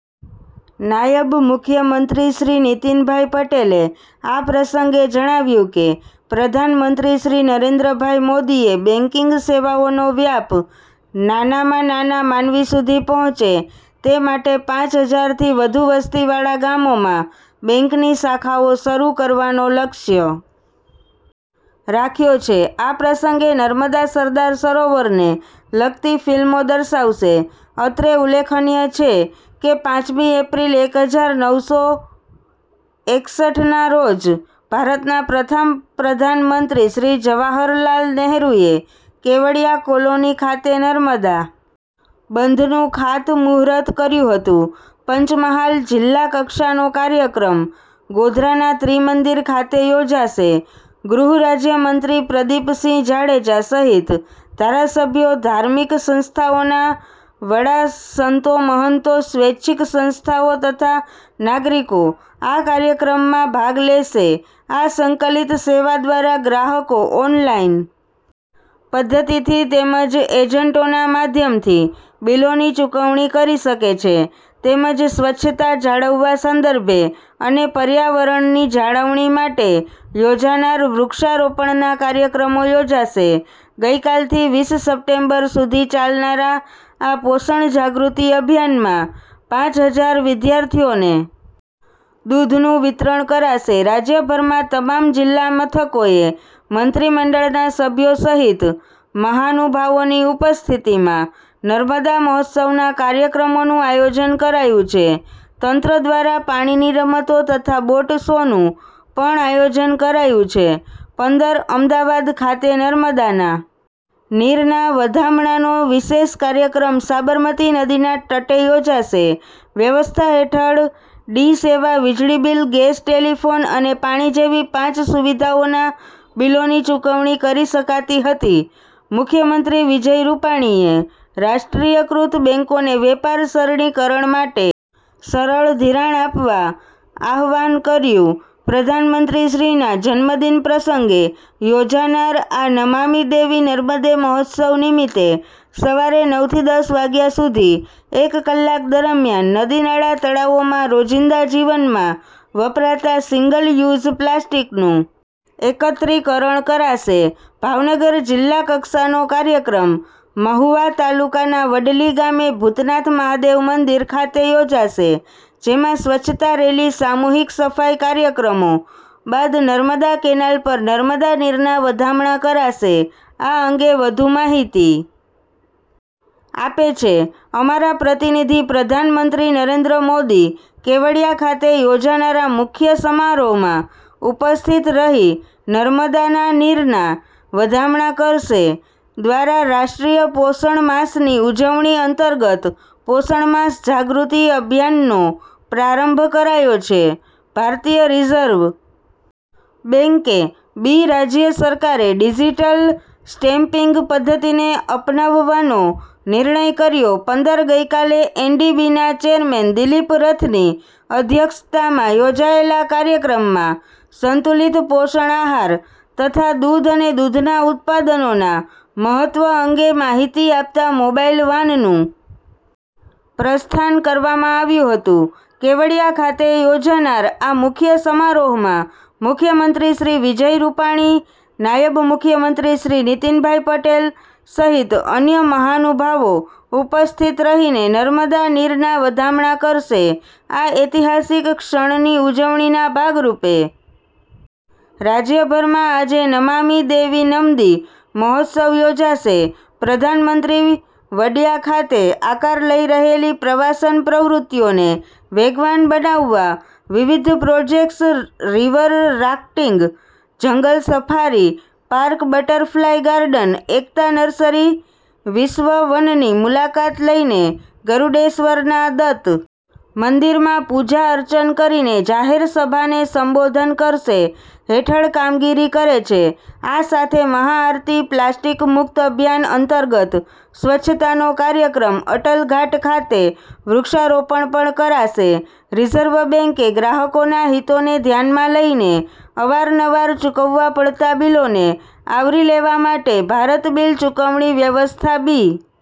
નાયબ મુખ્યમંત્રી શ્રી નીતિનભાઈ પટેલે આ પ્રસંગે જણાવ્યું કે પ્રધાનમંત્રી શ્રી નરેન્દ્રભાઈ મોદીએ બેન્કીંગ સેવાઓનો વ્યાપ નાનામાં નાના માનવી સુધી પહોચે તે માટે પાંચ હજારથી વધુ વસ્તીવાળા ગામોમાં બેન્કની શાખાઓ શરૂ કરવાનો લક્ષ્ય રાખ્યો છે આ પ્રસંગે નર્મદા સરદાર સરોવરને લગતી ફિલ્મો દર્શાવાશે અત્રે ઉલ્લેખનીય છે કે પાંચમી એપ્રિલ એક હજાર નવ સો એકસઠ ના રોજ ભારતના પ્રથમ પ્રધાનમંત્રી શ્રી જવાહરલાલ નેહરૂએ કેવડીયા કોલોની ખાતે નર્મદા બંધનું ખાતમૂહુર્ત કર્યું હતું પંચમહાલ જિલ્લાકક્ષાનો કાર્યક્રમ ગોધરાના ત્રિમંદિર ખાતે યોજાશે ગૃહરાજ્યમંત્રી પ્રદિપસિંહ જાડેજા સહિત ધારાસભ્યો ધાર્મિક સંસ્થાઓના વડાસંતોમહંતો સ્વૈચ્છીક સંસ્થાઓ તથા નાગરીકો આ કાર્યક્રમમાં ભાગ લેશે આ સંકલિત સેવા દ્વારા ગ્રાહકો ઓનલાઇન પધ્ધતીથિ તેમજ એજન્ટોના માધ્યમથી બીલોની ચુકવણી કરી શકે છે તેમજ સ્વચ્છતા જાળવવા સંદર્ભે અને પર્યાવરણની જાળવણી માટે યોજાનાર વૃક્ષારોપણના કાર્યક્રમો યોજાશે ગઇકાલથી વીસ સપ્ટેમ્બર સુધી ચાલનારા આ પોષણ જાગૃતિ અભિયાનમાં પાંચ હજાર વિદ્યાર્થીઓને દૂધનું વિતરણ કરાશે રાજ્યભરમાં તમામ જિલ્લા મથકોએ મંત્રીમંડળના સભ્યો સહિત મહાનુભાવોની ઉપસ્થિતિમાં નર્મદા મહોત્સવના કાર્યક્રમોનું આયોજન કરાયું છે તંત્ર દ્વારા પાણીની રમતો તથા બોટ શોનું પણ આયોજન કરાયું છે પંદર અમદાવાદ ખાતે નર્મદાના નીરના વધામણાનો વિશેષ કાર્યક્રમ સાબરમતી નદીના તટે યોજાશે વ્યવસ્થા હેઠળ ડી સેવા વીજળીબીલ ગેસ ટેલીફોન અને પાણી જેવી પાંચ સુવિધાઓના બીલોની ચુકવણી કરી શકાતી હતી મુખ્યમંત્રી વિજય રૂપાણીએ રાષ્ટ્રીયકૃત બેન્કોને વેપાર સરળીકરણ માટે સરળ ધિરાણ આપવા આહ્વાન કર્યું પ્રધાનમંત્રીશ્રીના જન્મદિન પ્રસંગે યોજાનાર આ નમામિ દેવી નર્મદે મહોત્સવ નિમિત્તે સવારે નવ થી દસ વાગ્યા સુધી એક કલાક દરમ્યાન નદી નાળા તળાવોમાં રોજીંદા જીવનમાં વપરાતા સીંગલ યુઝ પ્લાસ્ટીકનું એકત્રિકરણ કરાશે ભાવનગર જિલ્લા કક્ષાનો કાર્યક્રમ મહુવા તાલુકાના વડલી ગામે ભૂતનાથ મહાદેવ મંદિર ખાતે યોજાશે જેમાં સ્વચ્છતા રેલી સામૂહિક સફાઈ કાર્યક્રમો બાદ નર્મદા કેનાલ પર નર્મદા નીરના વધામણા કરાશે આ અંગે વધુ માહિતી આપે છે અમારા પ્રતિનિધિ પ્રધાનમંત્રી નરેન્દ્ર મોદી કેવડીયા ખાતે યોજાનારા મુખ્ય સમારોહમાં ઉપસ્થિત રહી નર્મદાના નીરના વધામણા કરશે દ્વારા રાષ્ટ્રીય પોષણ માસની ઉજવણી અંતર્ગત પોષણ માસ જાગૃતિ અભિયાનનો પ્રારંભ કરાયો છે ભારતીય રિઝર્વ બેંકે બી રાજ્ય સરકારે ડિજીટલ સ્ટેમ્પીંગ પદ્ધતિને અપનાવવાનો નિર્ણય કર્યો પંદર ગઇકાલે એનડીબીના ચેરમેન દિલીપ રથની અધ્યક્ષતામાં યોજાયેલા કાર્યક્રમમાં સંતુલિત પોષણ આહાર તથા દૂધ અને દૂધના ઉત્પાદનોના મહત્વ અંગે માહિતી આપતા મોબાઇલ વાનનું પ્રસ્થાન કરવામાં આવ્યું હતું કેવડિયા ખાતે યોજાનાર આ મુખ્ય સમારોહમાં મુખ્યમંત્રી શ્રી વિજય રૂપાણી નાયબ મુખ્યમંત્રી શ્રી નીતિનભાઈ પટેલ સહિત અન્ય મહાનુભાવો ઉપસ્થિત રહીને નર્મદા નીરના વધામણા કરશે આ ઐતિહાસિક ક્ષણની ઉજવણીના ભાગરૂપે રાજયભરમાં આજે નમામિ દેવી નમદિ મહોત્સવ યોજાશે પ્રધાનમંત્રી વડિયા ખાતે આકાર લઈ રહેલી પ્રવાસન પ્રવૃત્તિઓને વેગવાન બનાવવા વિવિધ projects river rafting jungle safari park butterfly garden Ekta nursery વિશ્વવનની મુલાકાત લઈને ગરૂડેશ્વરના દત્ત મંદિરમાં પૂજા અર્ચન કરીને જાહેર સભાને સંબોધન કરશે હેઠળ કામગીરી કરે છે આ સાથે મહાઆરતી પ્લાસ્ટીક મુક્ત અભિયાન અંતર્ગત સ્વચ્છતાનો કાર્યક્રમ અટલ ઘાટ ખાતે વૃક્ષારોપણ પણ કરાશે રિઝર્વ બેંકે ગ્રાહકોના હિતોને ધ્યાનમાં લઈને અવાર નવાર ચુકવવા પડતા બીલોને આવરી લેવા માટે ભારત બીલ ચુકવણી વ્યવસ્થા બી।